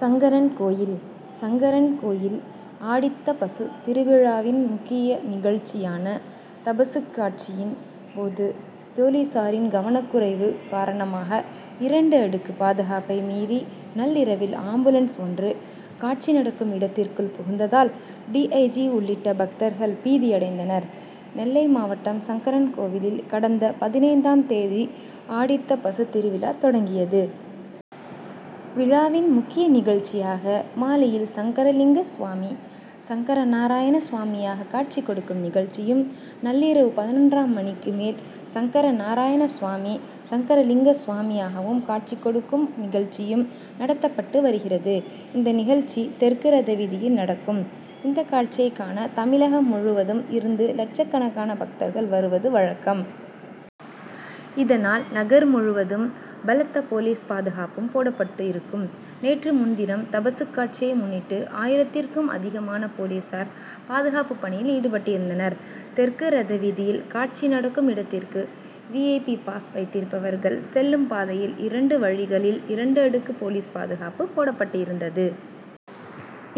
சங்கரன்கோவில்: சங்கரன்கோவில் ஆடித்தபசு திருவிழாவின் முக்கிய நிகழ்ச்சியான தபசுக்காட்சியின் போது போலீசாரின் கவனக்குறைவு காரணமாக இரண்டு அடுக்கு பாதுகாப்பை மீறி நள்ளிரவில் ஆம்புலன்ஸ் ஒன்று காட்சி நடக்கும் இடத்திற்குள் புகுந்ததால் டி. ஐ. ஜி., உள்ளிட்ட பக்தர்கள் பீதி அடைந்தனர். நெல்லை மாவட்டம் சங்கரன்கோவிலில் கடந்த பதினைந்தாம் தேதி ஆடித்தபசு திருவிழா தொடங்கியது. விழாவின் முக்கிய நிகழ்ச்சியாக மாலையில் சங்கரலிங்கசுவாமி, சங்கரநாராயணசுவாமியாக காட்சி கொடுக்கும் நிகழ்ச்சியும், நள்ளிரவு பதினொன்றாம் மணிக்கு மேல் சங்கரநாராயணசுவாமி, சங்கரலிங்கசுவாமியாகவும் காட்சி கொடுக்கும் நிகழ்ச்சியும் நடத்தப்பட்டு வருகிறது. இந்த நிகழ்ச்சி தெற்கு ரதவீதியில் நடக்கும். இந்த காட்சியைக் காண தமிழகம் முழுவதும் இருந்து லட்சக்கணக்கான பக்தர்கள் வருவது வழக்கம். இதனால் நகர் முழுவதும் பலத்த போலீஸ் பாதுகாப்பும் போடப்பட்டு இருக்கும். நேற்று முன்தினம் தபசுக்காட்சியை முன்னிட்டு ஆயிரத்திற்கும் அதிகமான போலீசார் பாதுகாப்பு பணியில் ஈடுபடுத்தப்பட்டிருந்தனர். தெற்கு ரதவீதியில் காட்சி நடக்கும் இடத்திற்கு வி. ஐ. பி., பாஸ் வைத்திருப்பவர்கள் செல்லும் பாதையில் இரண்டு வழிகளில் இரண்டு அடுக்கு போலீஸ் பாதுகாப்பு போடப்பட்டு இருந்தது.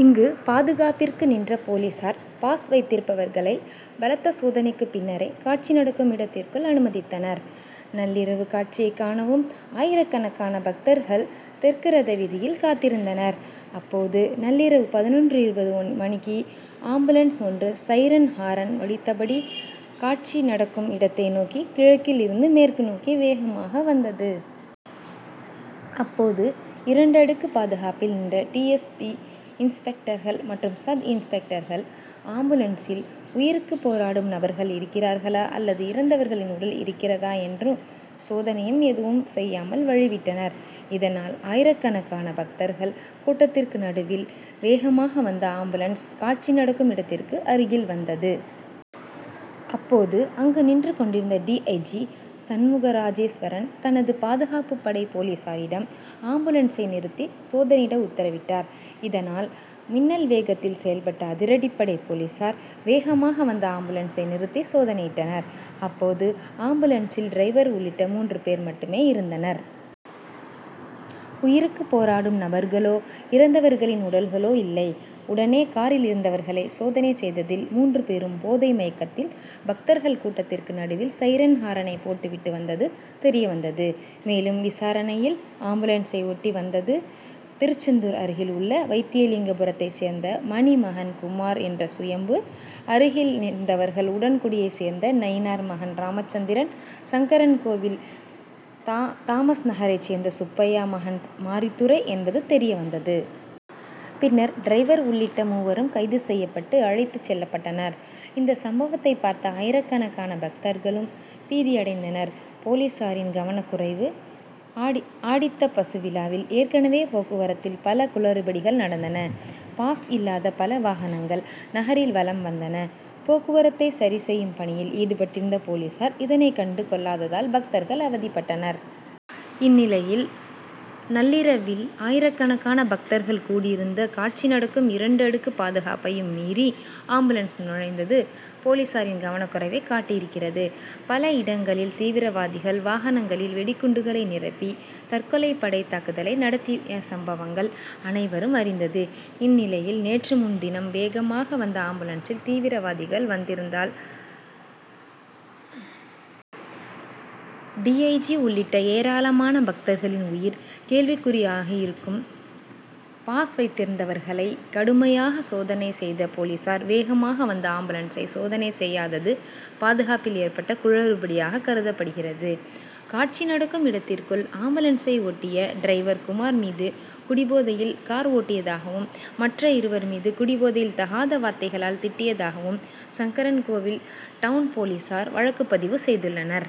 இங்கு பாதுகாப்பிற்கு நின்ற போலீசார் பாஸ் வைத்திருந்தவர்களை பலத்த சோதனைக்கு பின்னரே காட்சி நடக்கும் இடத்திற்குள் அனுமதித்தனர். நள்ளிரவு காட்சியைக் காணவும் ஆயிரக்கணக்கான பக்தர்கள் தெற்கு ரதவீதியில் காத்திருந்தனர். அப்போது நள்ளிரவு பதினொன்று இருபது மணிக்கு ஆம்புலன்ஸ் ஒன்று "சைரன் ஹாரன்' ஒலித்தபடி காட்சி நடக்கும் இடத்தை நோக்கி கிழக்கில் இருந்து மேற்கு நோக்கி வேகமாக வந்தது. அப்போது இரண்டு அடுக்கு பாதுகாப்பில் நின்ற டி. எஸ். பி., இன்ஸ்பெக்டர்கள் மற்றும் சப்-இன்ஸ்பெக்டர்கள் ஆம்புலன்ஸில் உயிருக்கு போராடும் நபர்கள் இருக்கிறார்களா அல்லது இறந்தவர்களின் உடல் இருக்கிறதா என்று சோதனையும் எதுவும் செய்யாமல் வழி விட்டனர். இதனால் ஆயிரக்கணக்கான பக்தர்கள் கூட்டத்திற்கு நடுவில் வேகமாக வந்த ஆம்புலன்ஸ் காட்சி நடக்கும் இடத்திற்கு அருகில் வந்தது. அப்போது அங்கு நின்று கொண்டிருந்த டி. ஐ. ஜி., சண்முகராஜேஸ்வரன் தனது பாதுகாப்பு படை போலீசாரிடம் ஆம்புலன்சை நிறுத்தி சோதனையிட உத்தரவிட்டார். இதனால் மின்னல் வேகத்தில் செயல்பட்ட அதிரடிப்படை போலீசார் வேகமாக வந்த ஆம்புலன்சை நிறுத்தி சோதனையிட்டனர். அப்போது ஆம்புலன்ஸில் டிரைவர் உள்ளிட்ட மூன்று பேர் மட்டுமே இருந்தனர். உயிருக்கு போராடும் நபர்களோ, இறந்தவர்களின் உடல்களோ இல்லை. உடனே காரில் இருந்தவர்களை சோதனை செய்ததில் மூன்று பேரும் போதை மயக்கத்தில் பக்தர்கள் கூட்டதிற்கு நடுவில் சைரன் ஹாரனை போட்டு விட்டு வந்தது தெரிய வந்தது. மேலும் விசாரணையில் ஆம்புலன்சை ஓட்டி வந்தது திருச்செந்தூர் அருகில் உள்ள வைத்தியலிங்கபுரத்தைச் சேர்ந்த மணி மகன் குமார் ன்ற சுயம்பு, அருகில் இருந்தவர்கள் உடன்குடியைச் சேர்ந்த நயினார் மகன் ராமச்சந்திரன், சங்கரன்கோவில் தாதாமஸ்நகரைச் சேர்ந்த சுப்பையா மகன் மாரித்துரை என்பது தெரிய வந்தது. பின்னர் டிரைவர் உள்ளிட்ட மூவரும் கைது செய்யப்பட்டு அழைத்துச் செல்லப்பட்டனர். இந்த சம்பவத்தை பார்த்த ஆயிரக்கணக்கான பக்தர்களும் பீதி அடைந்தனர். போலீசாரின் கவனக்குறைவு: ஆடிஆடித்தபசு விழாவில் ஏற்கனவே போக்குவரத்தில் பல குழறுபடிகள் நடந்தன. பாஸ் இல்லாத பல வாகனங்கள் நகரில் வலம் வந்தன. போக்குவரத்தை சரி செய்யும் பணியில் ஈடுபட்டிருந்த போலீசார் இதனை கண்டு கொள்ளதால் பக்தர்கள் அவதிப்பட்டனர். இந்நிலையில் நள்ளிரவில் ஆயிரக்கணக்கான பக்தர்கள் கூடி இருந்த காட்சி நடக்கும் இரண்டு அடுக்கு பாதுகாப்பையும் மீறி ஆம்புலன்ஸ் நுழைந்தது போலீசாரின் கவனக்குறைவை காட்டி இருக்கிறது. பல இடங்களில் தீவிரவாதிகள் வாகனங்களில் வெடிகுண்டுகளை நிரப்பி தற்கொலை படை தாக்குதலை நடத்திய சம்பவங்கள் அனைவரும் அறிந்தது. இந்நிலையில் நேற்று முன்தினம் வேகமாக வந்த ஆம்புலன்சில் தீவிரவாதிகள் வந்திருந்தால் டி, ஐ, ஜி., உள்ளிட்ட ஏராளமான பக்தர்களின் உயிர் கேள்விக்குறி ஆகி இருக்கும். பாஸ் வைத்திருந்தவர்களை கடுமையாக சோதனை செய்த போலீசார் வேகமாக வந்த ஆம்புலன்ஸை சோதனை செய்யாதது பாதுகாப்பில் ஏற்பட்ட குழறுபடியாக கருதப்படுகிறது. காட்சி நடக்கும் இடத்திற்குள் ஆம்புலன்சை ஓட்டிய டிரைவர் குமார் மீது குடிபோதையில் கார் ஓட்டியதாகவும், மற்ற இருவர் மீதும் குடிபோதையில் தகாத வார்த்தைகளால் திட்டியதாகவும் சங்கரன்கோவில் டவுன் போலீசார் வழக்குப்பதிவு செய்துள்ளனர்.